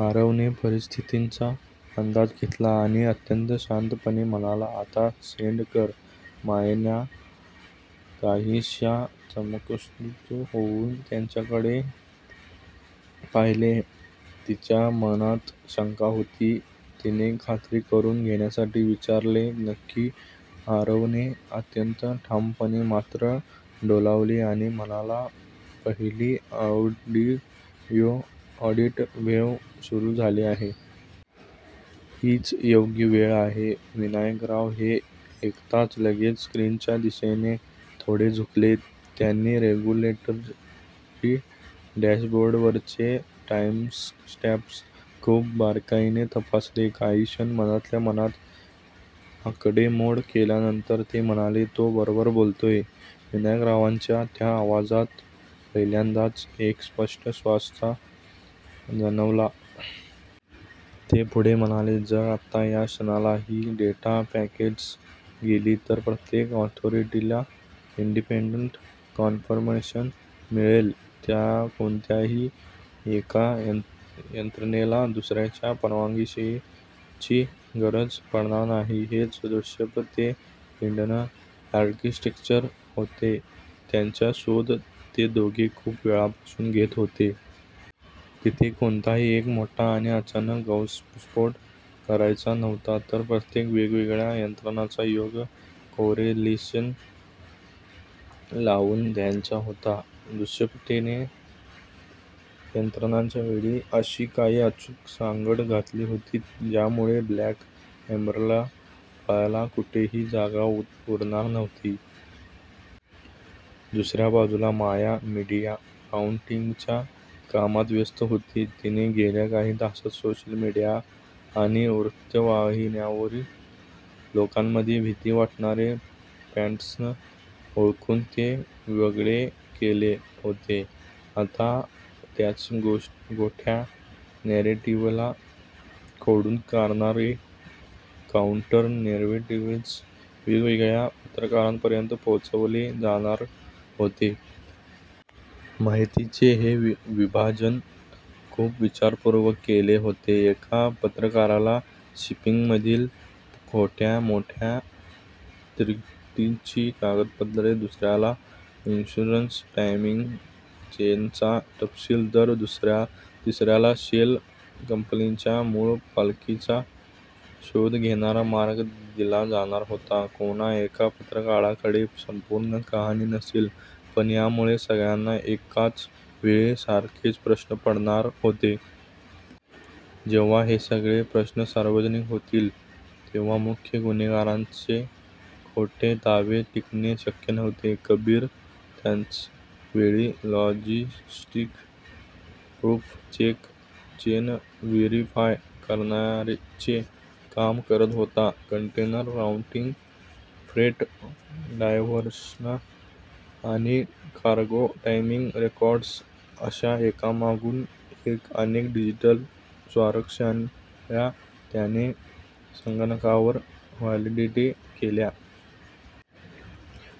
आरवने परिस्थितीचा अंदाज घेतला आणि अत्यंत शांतपणे म्हणाला, "आता सेंड कर. " मायाने काहीशा चमत्कृत होऊन त्याच्याकडे पाहिले. तिच्या मनात शंका होती. तिने खात्री करून घेण्यासाठी विचारले, "नक्की? " आरवने अत्यंत ठामपणे मान डोलावली आणि म्हणाला, "पहिली ऑडिट वेव्ह सुरू झाली आहे. हीच योग्य वेळ आहे. " विनायकराव हे ऐकताच लगेच स्क्रीनच्या दिशेने थोडे झुकले. त्यांनी रेगुलेटरी डॅशबोर्डवरचे टाईमस्टॅम्प्स खूप बारकाईने तपासले. काही क्षण मनातल्या मनात आकडेमोड केल्यानंतर ते म्हणाले, "तो बरोबर बोलतोय. " विनायकरावांच्या त्या आवाजात पहिल्यांदाच एक स्पष्ट विश्वास जाणवला. ते पुढे म्हणाले, "जर आत्ता या क्षणाला ही डेटा पॅकेट्स गेली, तर प्रत्येक ऑथॉरिटीला इंडिपेंडंट कन्फर्मेशन मिळेल. कोणत्याही एका यंत्रणेला दुसऱ्याच्या परवानगीची गरज पडणार नाही. " हेच दुष्यंतचे ते हिडन आर्किटेक्चर होते, ज्याचा शोध ते दोघे खूप वेळापासून घेत होते. तिथे कोणताही एक मोठा आणि अचानक गौप्यस्फोट करायचा नव्हता, तर फक्त वेगवेगळ्या यंत्रणांचा योग्य कोरिलेशन लावून द्यायचा होता. दुष्यंतने यंत्रणांच्या वेळेची अशी काही अचूक सांगड घातली होती, ज्यामुळे ब्लॅक एम्बरला पळायला कुठेही जागा उरणार नव्हती. दुसऱ्या बाजूला माया मीडिया राऊटिंगच्या कामात व्यस्त होती. तिने गेल्या काही तासांत सोशल मीडिया आणि वृत्तवाहिन्यांवर लोकांमध्ये भीती वाढवणारे पॅटर्न्स ओळखून ते वेगळे केले होते. आता त्याच खोट्या नॅरेटिव्हला खोडून काढणारे काउंटर-नॅरेटिव्ह्ज वेगवेगळ्या पत्रकारांपर्यंत पोहोचवले जाणार होते. माहितीचे हे विभाजन खूप विचारपूर्वक केले होते. एका पत्रकाराला शिपिंगमधील मोठ्या त्रुटींची कागदपत्रे, दुसऱ्याला इन्शुरन्स टायमिंग चेनचा तपशील, तर तिसऱ्याला शेल कंपन्यांच्या मूळ मालकीचा शोध घेणारा मार्ग दिला जाणार होता. कोणा एका पत्रकाराकडे संपूर्ण कहाणी नसेल, पण यामुळे सगळ्यांना एकाच वेळी सारखेच प्रश्न पडणार होते. जेव्हा हे सगळे प्रश्न सार्वजनिक होतील, तेव्हा मुख्य गुन्हेगारांचे खोटे दावे टिकणे शक्य नव्हते. कबीर त्याच वेळी लॉजिस्टिक प्रूफ चेन व्हेरीफाय करण्याचे काम करत होता. कंटेनर राऊटिंग, फ्रेट डायव्हर्शन आणि कार्गो टायमिंग रेकॉर्ड्स अशा एकामागून एक अनेक डिजिटल स्वाक्षऱ्या त्याने संगणकावर व्हॅलिडेट केल्या.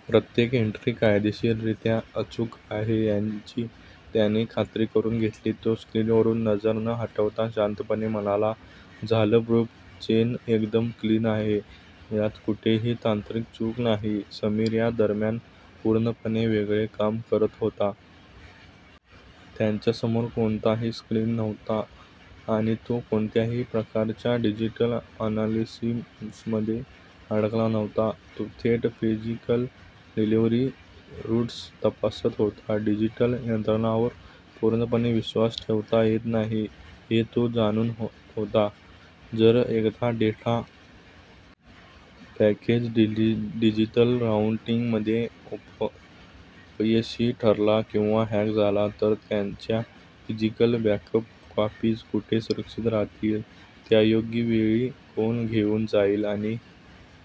प्रत्येक एंट्री कायदेशीररीत्या अचूक आहे याची त्याने खात्री करून घेतली. तो स्क्रीनवरून नजर न हटवता शांतपणे म्हणाला, "झालं. प्रूफ चेन एकदम क्लीन आहे. यात कुठेही तांत्रिक चूक नाही. " समीर या दरम्यान पूर्णपणे वेगळे काम करत होता. त्याच्यासमोर कोणताही स्क्रीन नव्हता आणि तो कोणत्याही प्रकारच्या डिजिटल अनालिसिसमध्ये अडकला नव्हता. तो थेट फिजिकल डिलिव्हरी रूट्स तपासत होता. डिजिटल यंत्रणांवर पूर्णपणे विश्वास ठेवता येत नाही, हे तो जाणून होता. जर एखादा डेटा पॅकेट डिजिटल राऊटिंगमध्ये अपयशी ठरला किंवा हॅक झाला, तर त्याच्या फिजिकल बॅकअप कॉपीज कुठे सुरक्षित राहतील, त्या योग्य वेळी कोण घेऊन जाईल आणि